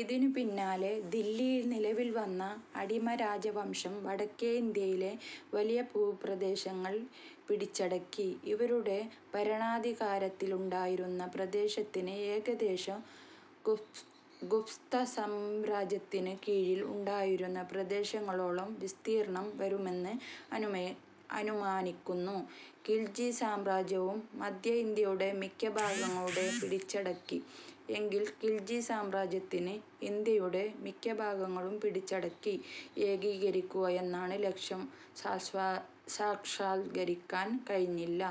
ഇതിനു പിന്നാലെ ദില്ലിയിൽ നിലവിൽ വന്ന അടിമ രാജവംശം വടക്കേ ഇന്ത്യയിലെ വലിയ ഭൂപ്രദേശങ്ങൾ പിടിച്ചടക്കി. ഇവരുടെ ഭരണാധികാരത്തിലുണ്ടായിരുന്ന പ്രദേശത്തിന് ഏകദേശം ഗുപ്തസാമ്രാജ്യത്തിനു കീഴിൽ ഉണ്ടായിരുന്ന പ്രദേശങ്ങളോളം വിസ്തീർണ്ണം വരുമെന്ന് അനുമാനിക്കുന്നു. ഖിൽജി സാമ്രാജ്യവും മദ്ധ്യ ഇന്ത്യയുടെ മിക്ക ഭാഗങ്ങളും പിടിച്ചടക്കി. എങ്കിലും ഖിൽജി സാമ്രാജ്യത്തിന് ഇന്ത്യയുടെ മിക്ക ഭാഗങ്ങളും പിടിച്ചടക്കി ഏകീകരിക്കുക എന്ന ലക്ഷ്യം സാക്ഷാത്കരിക്കാൻ കഴിഞ്ഞില്ല.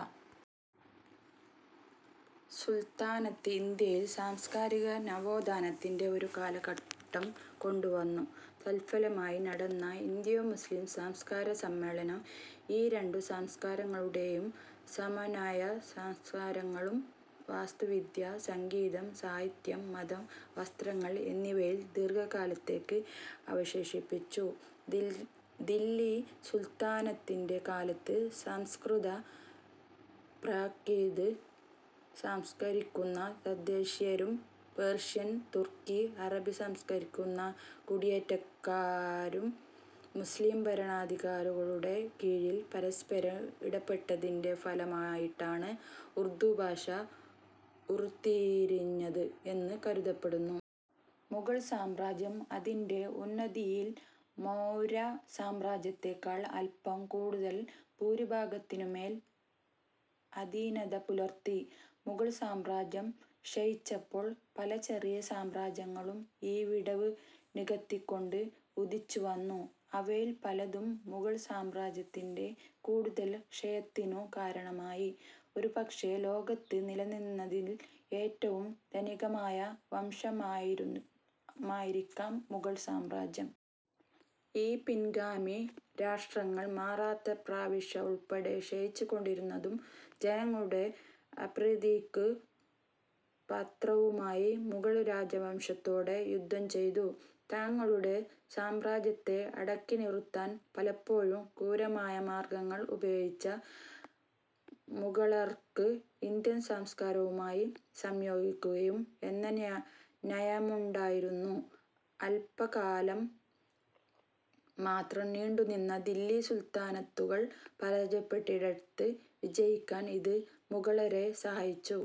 സുൽത്താനത്ത് ഇന്ത്യയിൽ സാംസ്കാരിക നവോത്ഥാനത്തിന്റെ ഒരു കാലഘട്ടം കൊണ്ടുവന്നു. തത്ഫലമായി നടന്ന "ഇന്തോ-മുസ്ലീം" സംസ്കാര സമ്മേളനം ഈ രണ്ടു സംസ്കാരങ്ങളുടെയും സമന്വയ സ്മാരകങ്ങൾ വാസ്തുവിദ്യ, സംഗീതം, സാഹിത്യം, മതം, വസ്ത്രങ്ങൾ എന്നിവയിൽ ദീർഘകാലത്തേയ്ക്ക് അവശേഷിപ്പിച്ചു. ദില്ലി സുൽത്താനത്തിന്റെ കാലത്ത് സംസ്കൃത പ്രാക്രിത് സംസാരിക്കുന്ന തദ്ദേശീയരും പേർഷ്യൻ, തുർക്കി, അറബ് സംസാരിക്കുന്ന കുടിയേറ്റക്കാരും മുസ്ലീം ഭരണാധികാരികളുടെ കീഴിൽ പരസ്പരം ഇടപെട്ടതിന്റെ ഫലമായിട്ടാണ് ഉർദ്ദു ഭാഷ ഉരുത്തിരിഞ്ഞത് എന്ന് കരുതപ്പെടുന്നു.. മുഗൾ സാമ്രാജ്യം അതിന്റെ ഉന്നതിയിൽ മൗര്യ സാമ്രാജ്യത്തെക്കാൾ അല്പം കൂടുതൽ ഭൂവിഭാഗത്തിനുമേൽ അധീനത പുലർത്തി. മുഗൾ സാമ്രാജ്യം ക്ഷയിച്ചപ്പോൾ പല ചെറിയ സാമ്രാജ്യങ്ങളും ഈ വിടവ് നികത്തിക്കൊണ്ട് ഉദിച്ചുവന്നു. അവയിൽ പലതും മുഗൾ സാമ്രാജ്യത്തിന്റെ കൂടുതൽ ക്ഷയത്തിനു കാരണമായി. ഒരുപക്ഷേ ലോകത്ത് നിലനിന്നതിൽ ഏറ്റവും ധനികമായ രാജവംശമായിരിക്കാം മുഗൾ സാമ്രാജ്യം. ഈ പിൻഗാമി രാഷ്ട്രങ്ങൾ, മറാത്ത പ്രവിശ്യ ഉൾപ്പെടെ ക്ഷയിച്ചുകൊണ്ടിരുന്നതും ജനങ്ങളുടെ അപ്രീതിയ്ക്കു പാത്രവുമായ മുഗൾ രാജവംശത്തോട് യുദ്ധം ചെയ്തു. തങ്ങളുടെ സാമ്രാജ്യത്തെ അടക്കിനിറുത്താൻ പലപ്പൊഴും ക്രൂരമായ മാർഗ്ഗങ്ങൾ ഉപയോഗിച്ച മുഗളർക്ക് ഇന്ത്യൻ സംസ്കാരവുമായി സംയോജിക്കുക എന്ന നയമുണ്ടായിരുന്നു. അല്പകാലം മാത്രം നീണ്ടുനിന്ന ദില്ലി സുൽത്താനത്തുകൾ പരാജയപ്പെട്ടിടത്ത് വിജയിക്കാൻ ഇത് മുഗളരെ സഹായിച്ചു.